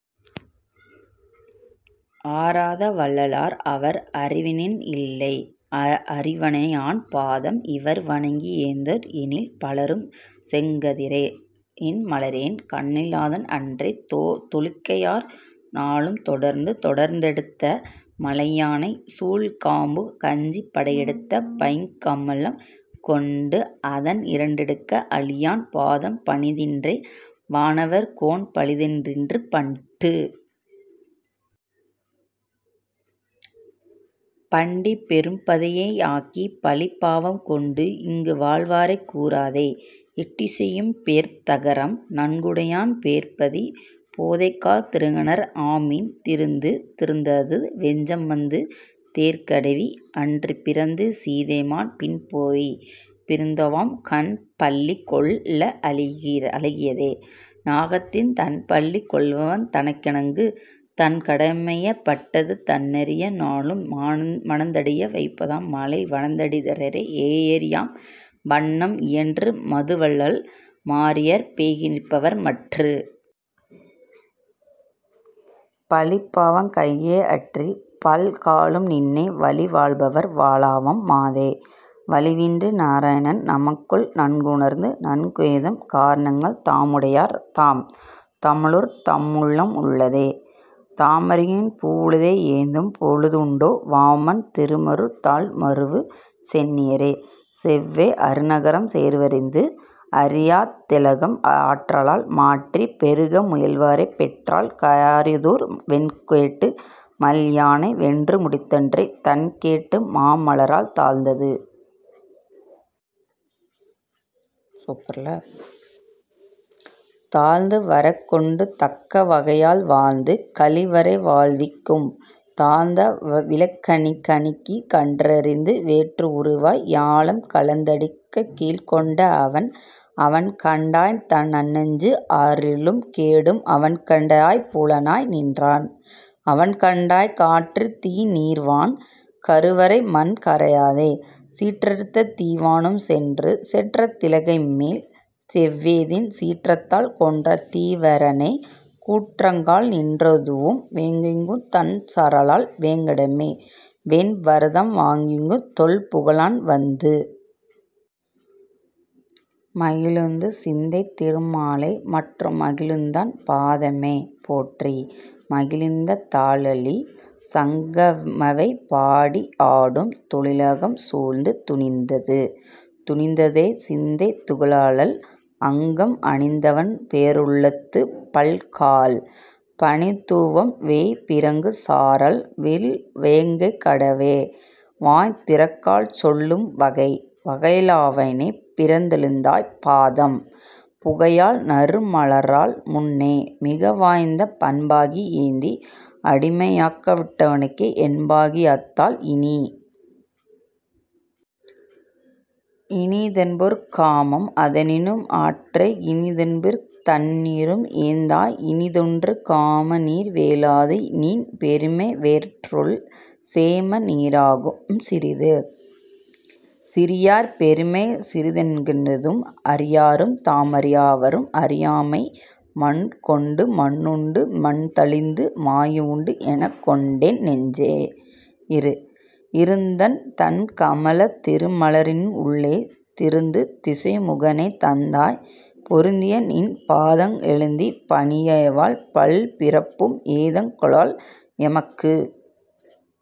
ஆரோத வல்லார் அவர்? அவரிவரென் றில்லை அரவணையான் பாதம், எவர்வணங்கி யேத்தாதா ரெண்ணில், பலரும் செழுங்கதிரோ னெண்மலரோன் கண்ணுதலோன் அன்றே தொழுந்தகையார் நாளும் தொடர்ந்து? தொடரெடுத்த மால்யானை சூழ்கயம்புக் கஞ்சிப் படரெடுத்த பைங்கமலம் கொண்டு, அன் றிடரடுக்க ஆழியான் பாதம் பணிந்தன்றே, வானவர்கோன் பாழிதா னெய்திற்றுப் பண்டு? பண்டிப் பெரும்பதியை யாக்கி பழிபாவம் கொண்டுஇங்கு வாழ்வாரைக் கூறாதே, எண்டிசையும் பேர்த்தகரம் நான்குடையான் பேரோதிப் பேதைகாள் தீர்த்தகரர் ஆமின் திரிந்து. திரிந்தது வெஞ்சமத்துத் தேர்கடவி, அன்று பிரிந்தது சீதையைமான் பின்போய், புரிந்ததுவும் கண்பள்ளி கொள்ள அழகியதே, நாகத்தின் தண்பள்ளி கொள்வான் றனக்கு. தனக்கடிமை பட்டது தானறியா னேலும் மனத்தடைய வைப்பதாம் மாலை, வனத்திடரை ஏரியாம் வண்ணம் இயற்று மிதுவல்லால், மாரியார் பெய்கிற்பார் மற்று? பழிபாவம் கையகற்றிப் பல்காலும் நின்னை, வழிவாழ்வார் வாழ்வராம் மாதோ, வழுவின்றி நாரணன்றன் நாமங்கள் நன்குணர்ந்து நன்கேத்தும், காரணங்கள் தாமுடையார் தாம். தாமுளரே தம்முள்ளம் உள்ளுளதே, தாமரையின் பூவுளதே யேத்தும் பொழுதுண்டே, வாமன் திருமருவு தாள்மரூவு சென்னியரே, செவ்வே அருநரகம் சேர்வ தரிது. அரிய தெளிதாகும் ஆற்றலால் மாற்றி, பெருக முயல்வாரைப் பெற்றால், கரியதோர் வெண்கோட்டு மால்யானை வென்றுமுடித் தன்றே, தண்கோட்டு மாமலரால் தாழ்ந்து? தாழ்ந்துவரங் கொண்டு தக்க வகைகளால் வாழ்ந்து கழிவாரை வாழ்விக்கும், தாழ்ந்த விளங்கனிக்குக் கன்றெறிந்து வேற்றுருவாய், ஞாலம் அளந்தடிக்கீழ்க் கொண்ட அவன். அவன்கண்டாய் நன்னெஞ்சே. ஆரருளும் கேடும், அவன்கண்டா யைம்புலனாய் நின்றான், அவன்கண்டாய் காற்றுத்தீ நீர்வான் கருவரைமண் காரோத, சீற்றத்தீ யாவானும் சென்று. சென்ற திலங்கைமேல் செவ்வேதன் சீற்றத்தால், கொன்ற திராவணனைக் கூறுங்கால், நின்றதுவும் வேயோங்கு தண்சாரல் வேங்கடமே, விண்ணவர்தம் வாயோங்கு தொல்புகழான் வந்து. மகிழ்ந்தது சிந்தை திருமாலே, மற்றும் மகிழ்ந்ததுன் பாதமே போற்றி, மகிழ்ந்த தழலாழி சங்க மவைபாடி யாடும், தொழிலாகம் சூழ்ந்து துணிந்து. துணிந்தது சிந்தை துழாயலங்கல், அங்கம் அணிந்தவன்பே ருள்ளத்துப் பல்கால், பணிந்ததுவும் வேய்பிறங்கு சாரல் விறல்வேங் கடவனையே, வாய்திறங்கள் சொல்லும் வகை. வகையா லவனி யிரந்தளந்தாய் பாதம், புகையால் நறுமலாரால் முன்னே, மிகவாய்ந்த அன்பாக்கி யேத்தி யடிமைப்பட்டேனுனக்கு, என்பாக்கி யத்தால் இனி. இனிதென்பர் காமம் அதனிலும் ஆற்ற, இனிதென்பர் தண்ணீரும் எந்தாய், இனிதென்று காமநீர் வேளாது நின்பெருமை வேட்பரேல், சேமநீ ராகும் சிறிது. சிறியார் பெருமை சிறிதின்க ணெய்தும், அறியாரும் தாமறியா ராவர், அறியாமை மண்கொண்டு மண்ணுண்டு மண்ணுமிழ்ந்த மாயனென்று, எண்கொண்டேன் னெஞ்சே. இரு. இருந்தண் கமலத் திருமலரி னுள்ளே, திருந்து திசைமுகனைத் தந்தாய், பொருந்தியநின் பாதங்க ளேத்திப் பணியாவேல், பல்பிறப்பும் ஏதங்க ளெல்லா மெமக்கு.